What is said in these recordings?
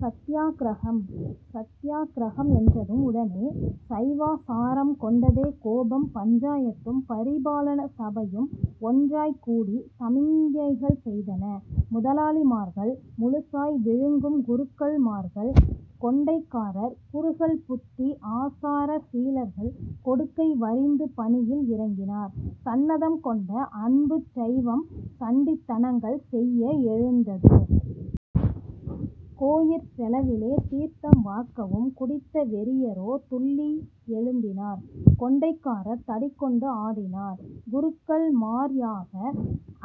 சத்யாக்கிரகம். சத்யாக் கிரகம் என்றதும் உடனே சைவாசாரம் கொண்டதே கோபம் பஞ்சாயத்தும் பரிபாலன சபையும் ஒன்றாய்க்கூடி சமிக்ஞைகள் செய்தன. முதலாளிமார்கள், முழுசாய் விழுங்கும் குருக்கள் மார்கள், கொண்டைக்காரர் குறுகல் புத்தி ஆசார சீலர்கள் கொடுக்கை வரிந்து பணியில் இறங்கினார். சன்னதம் கொண்ட அன்புச் சைவம் சண்டித் தனங்கள் செய்ய எழுந்தது. கோயிற் செலவிலே 'தீர்த்தம்' வார்க்கவும் குடித்த வெறியரோ துள்ளி எழும்பினார் கொண்டைக்காரர் தடி கொண்டு ஆடினார் குருக்கள்மார் யாக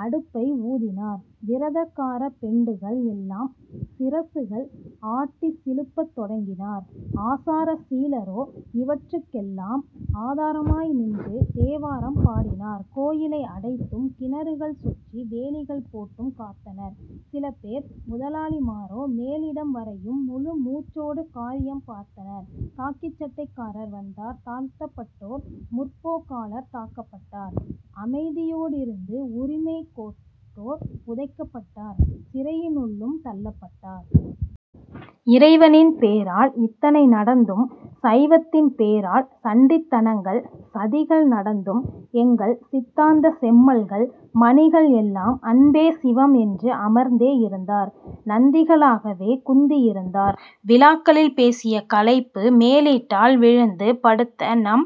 அடுப்பை ஊதினார். விரதகாரப் பெண்டுகள் எல்லாம் சிரசுகள் ஆட்டிச் சிலுப்பத் தொடங்கினார் ஆசார சீலரோ இவற்றுக் கெல்லாம் ஆதாரமாய் நின்று தேவாரம் பாடினார் கோயிலை அடைத்தும் கிணறுகள் சுற்றி வேலிகள் போட்டும் காத்தனர் சிலபேர் முதலாளிமாரோ மேலிடம் வரையும் முழுமூச்சோடு 'காரியம்' பார்த்தனர் காக்கிச் சட்டைக்காரர் வந்தார் தாழ்த்தப்பட்டோர், முற்போக்காளர் தாக்கப்பட்டார் அமைதியோடிருந்து உரிமை கோட்டார் உதைக்கப்பட்டார் சிறையினுள்ளும் தள்ளப் பட்டார். இறைவனின் பேரால் இத்தனை நடந்தும் சைவத்தின் பேரால் சண்டித்தனங்கள், சதிகள் நடந்தும் எங்கள் சித்தாந்தச் செம்மல்கள், மணிகள் எல்லாம் அன்பே சிவம் என்று அமர்ந்தே இருந்தார்; நந்திகளாகவே குந்தியிருந்தார். விழாக்களில் பேசிய களைப்பு மேலீட்டால் விழுந்து படுத்த நம்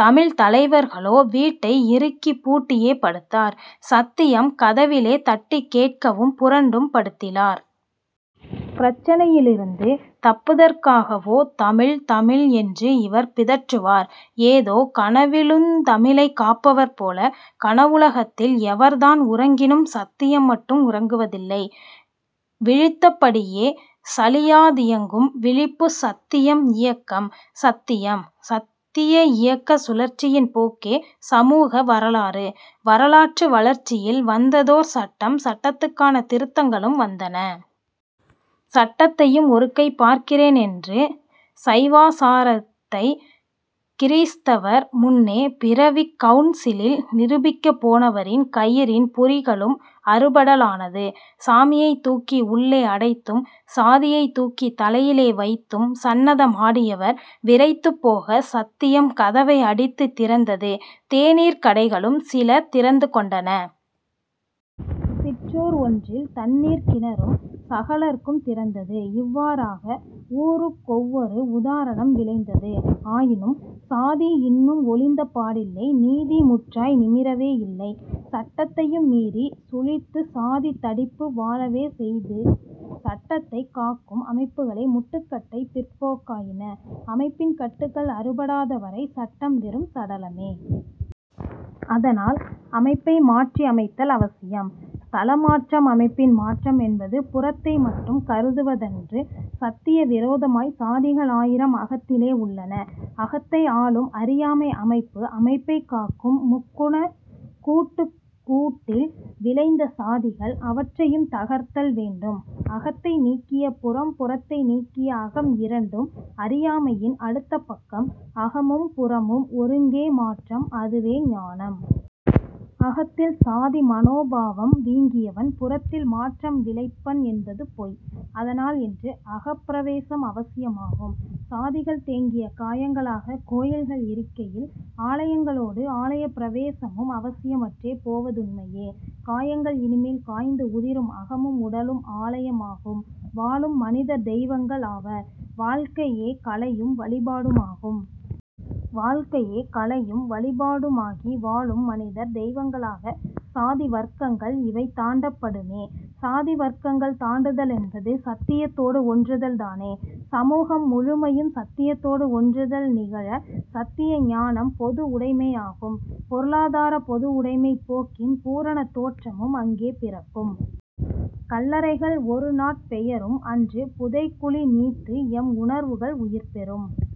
தமிழ்த் தலைவர்களோ வீட்டை இறுக்கிப் பூட்டியே படுத்தார் சத்தியம் கதவிலே தட்டிக் கேட்கவும் புரண்டும் படுத்திலார்! பிரச்சினையிலிருந்து தப்புதற்காகவோ 'தமிழ் தமிழ்' என்று இவர் பிதற்றுவார் ஏதோ கனவிலுந் தமிழைக் காப்பவர் போல. கனவுலகத்தில் எவர்தான் உறங்கினும் சத்தியம் மட்டும் உறங்குவதில்லை. விழித்தபடியே சலியாதியங்கும் விழிப்பு சத்தியம் இயக்கம் சத்தியம். சத்திய இயக்கச் சுழற்சியின் போக்கே சமூக வரலாறு. வரலாற்று வளர்ச்சியில் வந்ததோர் சட்டம் சட்டத்துக்கான திருத்தங்களும் வந்தன. சட்டத்தையும் ஒருகை பார்க்கிறேன் என்று சைவாசாரத்தை கிறீஸ்தவர் முன்னே பிறிவிக் கவுன்சிலில் நிரூபிக்கப் போனவரின் 'கயிறி'ன் புரிகளும் அறுபடலானது. சாமியைத் தூக்கி உள்ளே அடைத்தும் சாதியைத் தூக்கித் தலையிலே வைத்தும் சன்னதம் ஆடியவர் விறைத்துப் போக சத்தியம் கதவை அடித்துத் திறந்தது. தேனீர்க் கடைகளும் சில திறந்து கொண்டன. சிற்றூர் ஒன்றில் தண்ணீர்க் கிணறும் சகலர்க்கும் திறந்தது. இவ்வாறாக ஊருக்கொவ்வொரு உதாரணம் விளைந்தது. ஆயினும் சாதி இன்னும் ஒழிந்த பாடில்லை நீதி முற்றாய் நிமிரவே இல்லை. சட்டத்தையும் மீறிச் சுழித்து சாதித் தடிப்பு வாழவே செய்யுது சட்டத்தைக் காக்கும் அமைப்புகளே முட்டுக்கட்டைப் பிற்போக்காயின. அமைப்பின் கட்டுகள் அறுபடாதவரை சட்டம் வெறும் சடலமே। அதனால் அமைப்பை மாற்றி அமைத்தல் அவசியம்.. ஸ்தல மாற்றம் அமைப்பின் மாற்றம் என்பது புறத்தை மட்டும் கருதுவதன்று சத்தியவிரோதமாய் சாதிகள் ஆயிரம் அகத்திலே உள்ளன. அகத்தை ஆளும் அறியாமை அமைப்பு அமைப்பைக் காக்கும் முக்குணக் கூட்டு கூட்டில் விளைந்த சாதிகள். அவற்றையும் தகர்த்தல் வேண்டும் அகத்தை நீக்கிய புறம் புறத்தை நீக்கிய அகம் இரண்டும் அறியாமையின் அடுத்தபக்கம் அகமும் புறமும் ஒருங்கே மாற்றம் அதுவே ஞானம். அகத்தில் சாதி மனோபாவம் வீங்கியவன் புறத்தில் மாற்றம் விளைப்பன் என்பது பொய். அதனால் இன்று அகப்பிரவேசம் அவசியமாகும். சாதிகள் தேங்கிய காயங்களாக கோயில்கள் இருக்கையில் ஆலயங்களோடு ஆலயப் பிரவேசமும் அவசியமற்றே போவதுண்மையே. காயங்கள் இனிமேல் காய்ந்து உதிரும் அகமும் உடலும் ஆலயம் ஆகும் வாழும் மனிதர் தெய்வங்கள் ஆவர் வாழ்க்கையே கலையும் வழிபாடுமாகும். வாழ்க்கையே கலையும் வழிபாடுமாகி வாழும் மனிதர் தெய்வங்களாக சாதி வர்க்கங்கள் இவை தாண்டப்படுமே சாதி வர்க்கங்கள் தாண்டுத லென்பது சத்தியத்தோடு ஒன்றுதல்தானே. சமூகம் முழுமையும் சத்தியத்தோடு ஒன்றுதல் நிகழ சத்திய ஞானம் பொது உடைமை ஆகும்; பொருளாதாரப் பொதுவுடமைப் போக்கின் பூரணத் தோற்றமும் அங்கே பிறக்கும். கல்லறைகள் ஒரு நாட் பெயரும் அன்று புதைகுழி நீத்து எம் உணர்வுகள் உயிர்பெறும்.